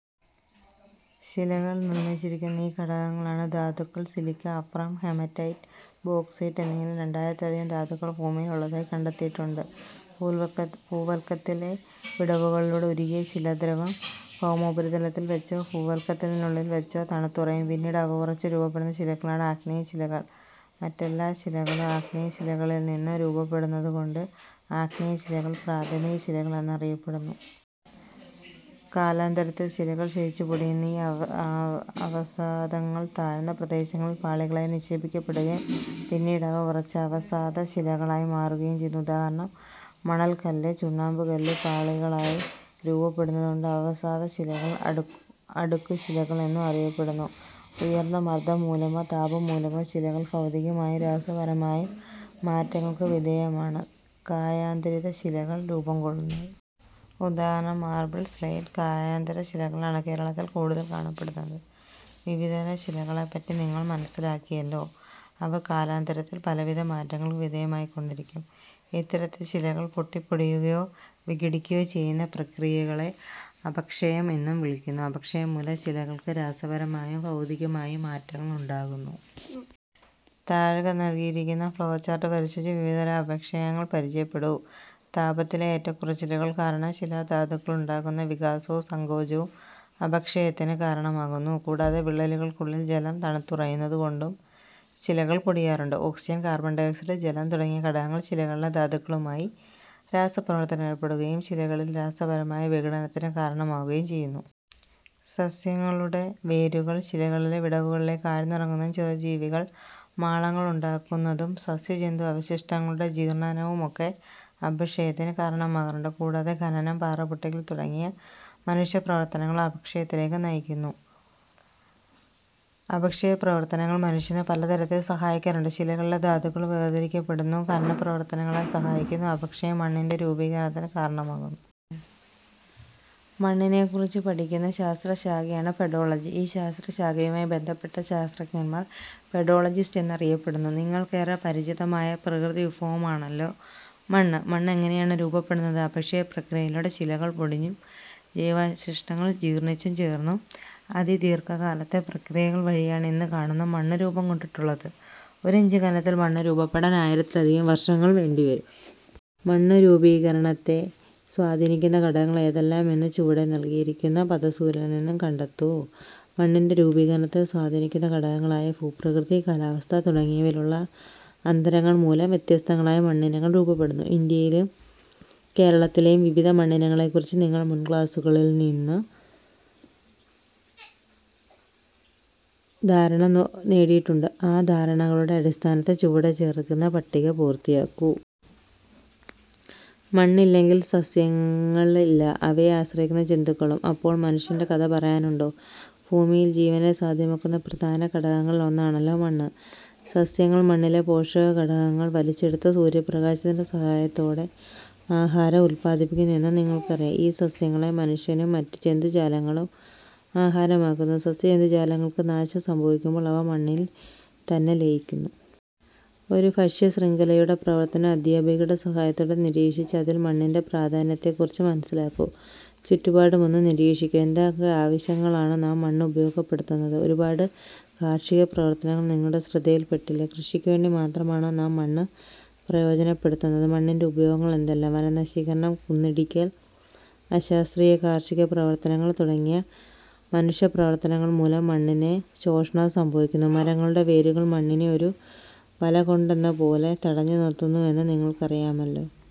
ശിലകൾ നിർമ്മിച്ചിരിക്കുന്ന ഈ ഘടകങ്ങളാണ് ധാതുക്കൾ. സിലിക്ക, അഭ്രം, ഹേമറ്റൈറ്റ്, ബോക്സൈറ്റ് എന്നിങ്ങനെ രണ്ടായിരത്തിലധികം ധാതുക്കൾ ഭൂമിയിൽ ഉള്ളതായി കണ്ടെത്തിയിട്ടുണ്ട്. ഭൂവൽക്കത്തിലെ വിടവുകളിലൂടെ ഉരുകിയ ശിലാദ്രവം ഭൗമോപരിതലത്തിൽ വച്ചോ ഭൂവല്ക്കത്തിനുള്ളിൽ വച്ചോ തണുത്തുറയും പിന്നീട് അവ ഉറച്ച് രൂപപ്പെടുന്ന ശിലകളാണ് ആഗ്നേയശിലകൾ. മറ്റെല്ലാ ശിലകളും ആഗ്നേയ ശിലകൾക്കളിൽ നിന്നും രൂപപ്പെടുന്നതുകൊണ്ട് ആഗ്നേയശിലകൾ പ്രാഥമിക ശിലകൾ എന്നറിയപ്പെടുന്നു. കാലാന്തരത്തിൽ ശിലകൾ ക്ഷയിച്ച് പൊടിയുന്നു. ഈ അവസാദങ്ങൾ താഴ്ന്ന പ്രദേശങ്ങളിൽ പാളികളായി നിക്ഷേപിക്കപ്പെടുകയും പിന്നീട് അവ ഉറച്ച് അവസാദ ശിലകളായി മാറുകയും ചെയ്യുന്നു. ഉദാഹരണം: മണൽകല്ലു, ചുണ്ണാമ്പുകല്ല്. പാളികളായി രൂപപ്പെടുന്നതുകൊണ്ടു അവസാദശിലകൾ അടുക്കു ശിലകൾ എന്നും അറിയപ്പെടുന്നു. ഉയർന്ന മർദം മൂലമോ താപം മൂലമോ ശിലകൾ ഭൗതികമായും രാസപരമായും മാറ്റങ്ങൾക്ക് വിധേയമായാണ് കായാന്തരിത ശിലകൾ രൂപം കൊള്ളുന്നത്. ഉദാ: മാർബിൾ, സ്ലേറ്റ്. കായാന്തര ശിലകളാണ് കേരളത്തിൽ കൂടുതൽ കാണപ്പെടുന്നത്. വിവിധതരം ശിലകളെപ്പറ്റി നിങ്ങൾ മനസ്സിലാക്കിയല്ലോ. അവ കാലാന്തരത്തിൽ പലവിധ മാറ്റങ്ങൾക്ക് വിധേയമായിക്കൊണ്ടിരിക്കും. ഇത്തരത്തിൽ ശിലകൾ പൊട്ടിപ്പൊടിയുകയോ വിഘടിക്കുകയോ ചെയ്യുന്ന പ്രക്രിയകളെ അപക്ഷയം എന്നു വിളിക്കുന്നു. അപക്ഷയം മൂലം ശിലകൾക്ക് രാസപരമായും ഭൗതികമായും മാറ്റങ്ങൾ ഉണ്ടാകുന്നു. താഴെ നൽകിയിരിക്കുന്ന ഫ്ളോ ചാർട്ട് പരിശോധിച്ച് വിവിധ തരം അപക്ഷയങ്ങൾ പരിചയപ്പെടൂ. താപത്തിലെ ഏറ്റക്കുറച്ചിലുകൾ കാരണം ശിലാ ധാതുക്കൾക്കുണ്ടാകുന്ന വികാസവും സങ്കോചവും അപക്ഷയത്തിന് കാരണമാകുന്നു. കൂടാതെ വിള്ളലു കൾക്കുള്ളിൽ ജലം തണുത്തുറയുന്നതു കൊണ്ടും ശിലകൾ പൊടിയാറുണ്ട്. ഓക്സിജൻ, കാർബൺ ഡയോക്സൈഡ്, ജലം തുടങ്ങിയ ഘടകങ്ങൾ ശിലകളിലെ ധാതുക്കളുമായി രാസപ്രവർത്തനത്തിലേർപ്പെടുകയും ശിലകളിൽ രാസപരമായ വിഘടനത്തിന് കാരണമാവുകയും ചെയ്യുന്നു. സസ്യങ്ങളുടെ വേരുകൾ ശിലകളിലെ വിടവുകളിലേക്ക് ആഴ്ന്നിറങ്ങുന്നതും ചെറുജീവികൾ മാളങ്ങളുണ്ടാക്കുന്നതും സസ്യജന്തു അവശിഷ്ടങ്ങളുടെ ജീർണ്ണനവുമൊക്കെ അപക്ഷയത്തിന് കാരണമാകാറുണ്ട്. കൂടാതെ ഖനനം, പാറ പൊട്ടിക്കൽ തുടങ്ങിയ മനുഷ്യപ്രവർത്തനങ്ങളും അപക്ഷയത്തിലേക്ക് നയിക്കുന്നു. അപക്ഷയപ്രവർത്തനങ്ങൾ മനുഷ്യനെ പലതരത്തിൽ സഹായിക്കാറുണ്ട്. ശിലകളിലെ ധാതുക്കൾ വേർതിരിക്കപ്പെടുന്നു. ഖനനപ്രവർത്തനങ്ങളെ സഹായിക്കുന്നു. അപക്ഷയം മണ്ണിന്റെ രൂപീകരണത്തിന് കാരണമാകുന്നു. മണ്ണിനെക്കുറിച്ച് പഠിക്കുന്ന ശാസ്ത്രശാഖയാണ് പെഡോളജി. ഈ ശാസ്ത്ര ശാഖയുമായി ബന്ധപ്പെട്ട ശാസ്ത്രജ്ഞൻ പെഡോളജിസ്റ്റ് എന്നറിയപ്പെടുന്നു. നിങ്ങൾക്കേറെ പരിചിതമായ പ്രകൃതിവിഭവമാണല്ലോ മണ്ണ്. മണ്ണ് എങ്ങനെയാണ് രൂപപ്പെടുന്നത്? അപക്ഷയ പ്രക്രിയയിലൂടെ ശിലകൾ പൊടിഞ്ഞും ജൈവാവശിഷ്ടങ്ങൾ ജീർണിച്ചു ചേർന്നും അതിദീർഘകാലത്തെ പ്രക്രിയകൾ വഴിയാണ് ഇന്ന് കാണുന്ന മണ്ണ് രൂപംകൊണ്ടിട്ടുള്ളത്. ഒരിഞ്ചു കനത്തിൽ മണ്ണ് രൂപപ്പെടാൻ ആയിരത്തിലധികം വർഷങ്ങൾ വേണ്ടിവരും. മണ്ണിന്റെ രൂപീകരണത്തെ സ്വാധീനിക്കുന്ന ഘടകങ്ങൾ ഏതെല്ലാമെന്ന് ചുവടെ നൽകിയിരിക്കുന്ന പദസൂര്യനിൽനിന്നും കണ്ടെത്തൂ. മണ്ണിന്റെ രൂപീകരണത്തെ സ്വാധീനിക്കുന്ന ഘടകങ്ങളായ ഭൂപ്രകൃതി, കാലാവസ്ഥ തുടങ്ങിയവയിലുള്ള അന്തരങ്ങൾ മൂലം വ്യത്യസ്തങ്ങളായ മണ്ണിനങ്ങൾ രൂപപ്പെടുന്നു. ഇന്ത്യയിലെയും കേരളത്തിലെയും വിവിധ മണ്ണിനങ്ങളെക്കുറിച്ച് നിങ്ങൾ മുൻക്ലാസ്സുകളിൽ നിന്നും ധാരണ നേടിയിട്ടുണ്ട്. ആ ധാരണകളുടെ അടിസ്ഥാനത്തിൽ ചുവടെ ചേർക്കുന്ന പട്ടിക പൂർത്തിയാക്കൂ. മണ്ണില്ലെങ്കിൽ സസ്യങ്ങളില്ല അവയെ ആശ്രയിക്കുന്ന ജന്തുക്കളും. അപ്പോൾ മനുഷ്യന്റെ കഥ പറയാനുണ്ടോ? ഭൂമിയിൽ ജീവനെ സാധ്യമാക്കുന്ന പ്രധാന ഘടകങ്ങളിൽ ഒന്നാണല്ലോ മണ്ണ്. സസ്യങ്ങൾ മണ്ണിലെ പോഷകഘടകങ്ങൾ വലിച്ചെടുത്ത് സൂര്യപ്രകാശത്തിന്റെ സഹായത്തോടെ ആഹാരം ഉല്പാദിപ്പിക്കുന്നു എന്ന് നിങ്ങൾക്കറിയാം. ഈ സസ്യങ്ങളെ മനുഷ്യനും മറ്റു ജന്തുജാലങ്ങളും ആഹാരമാക്കുന്നു. സസ്യജന്തുജാലങ്ങൾക്ക് നാശം സംഭവിക്കുമ്പോൾ അവ മണ്ണിൽ തന്നെ ലയിക്കുന്നു. ഒരു ഭക്ഷ്യശൃംഖലയുടെ പ്രവർത്തനം അധ്യാപികയുടെ സഹായത്തോടെ നിരീക്ഷിച്ച് അതിൽ മണ്ണിന്റെ പ്രാധാന്യത്തെക്കുറിച്ച് മനസ്സിലാക്കൂ. ചുറ്റുപാടുമൊന്ന് നിരീക്ഷിക്കൂ. എന്തൊക്കെ ആവശ്യങ്ങൾക്കാണ് നാം മണ്ണ് ഉപയോഗപ്പെടുത്തുന്നത്? ഒരുപാട് കാർഷിക പ്രവർത്തനങ്ങൾ നിങ്ങളുടെ ശ്രദ്ധയിൽപ്പെട്ടില്ലേ? കൃഷിക്കുവേണ്ടി മാത്രമാണോ നാം മണ്ണ് പ്രയോജനപ്പെടുത്തുന്നത്? മണ്ണിന്റെ ഉപയോഗങ്ങൾ എന്തെല്ലാം? വനനശീകരണം, കുന്നിടിക്കൽ, അശാസ്ത്രീയ കാർഷിക പ്രവർത്തനങ്ങൾ തുടങ്ങിയ മനുഷ്യപ്രവർത്തനങ്ങൾ മൂലം മണ്ണിന് ശോഷണം സംഭവിക്കുന്നു. മരങ്ങളുടെ വേരുകൾ മണ്ണിനെ ഒരു വലകൊണ്ടെന്നപോലെ തടഞ്ഞുനിർത്തുന്നുവെന്ന് നിങ്ങൾക്കറിയാമല്ലോ.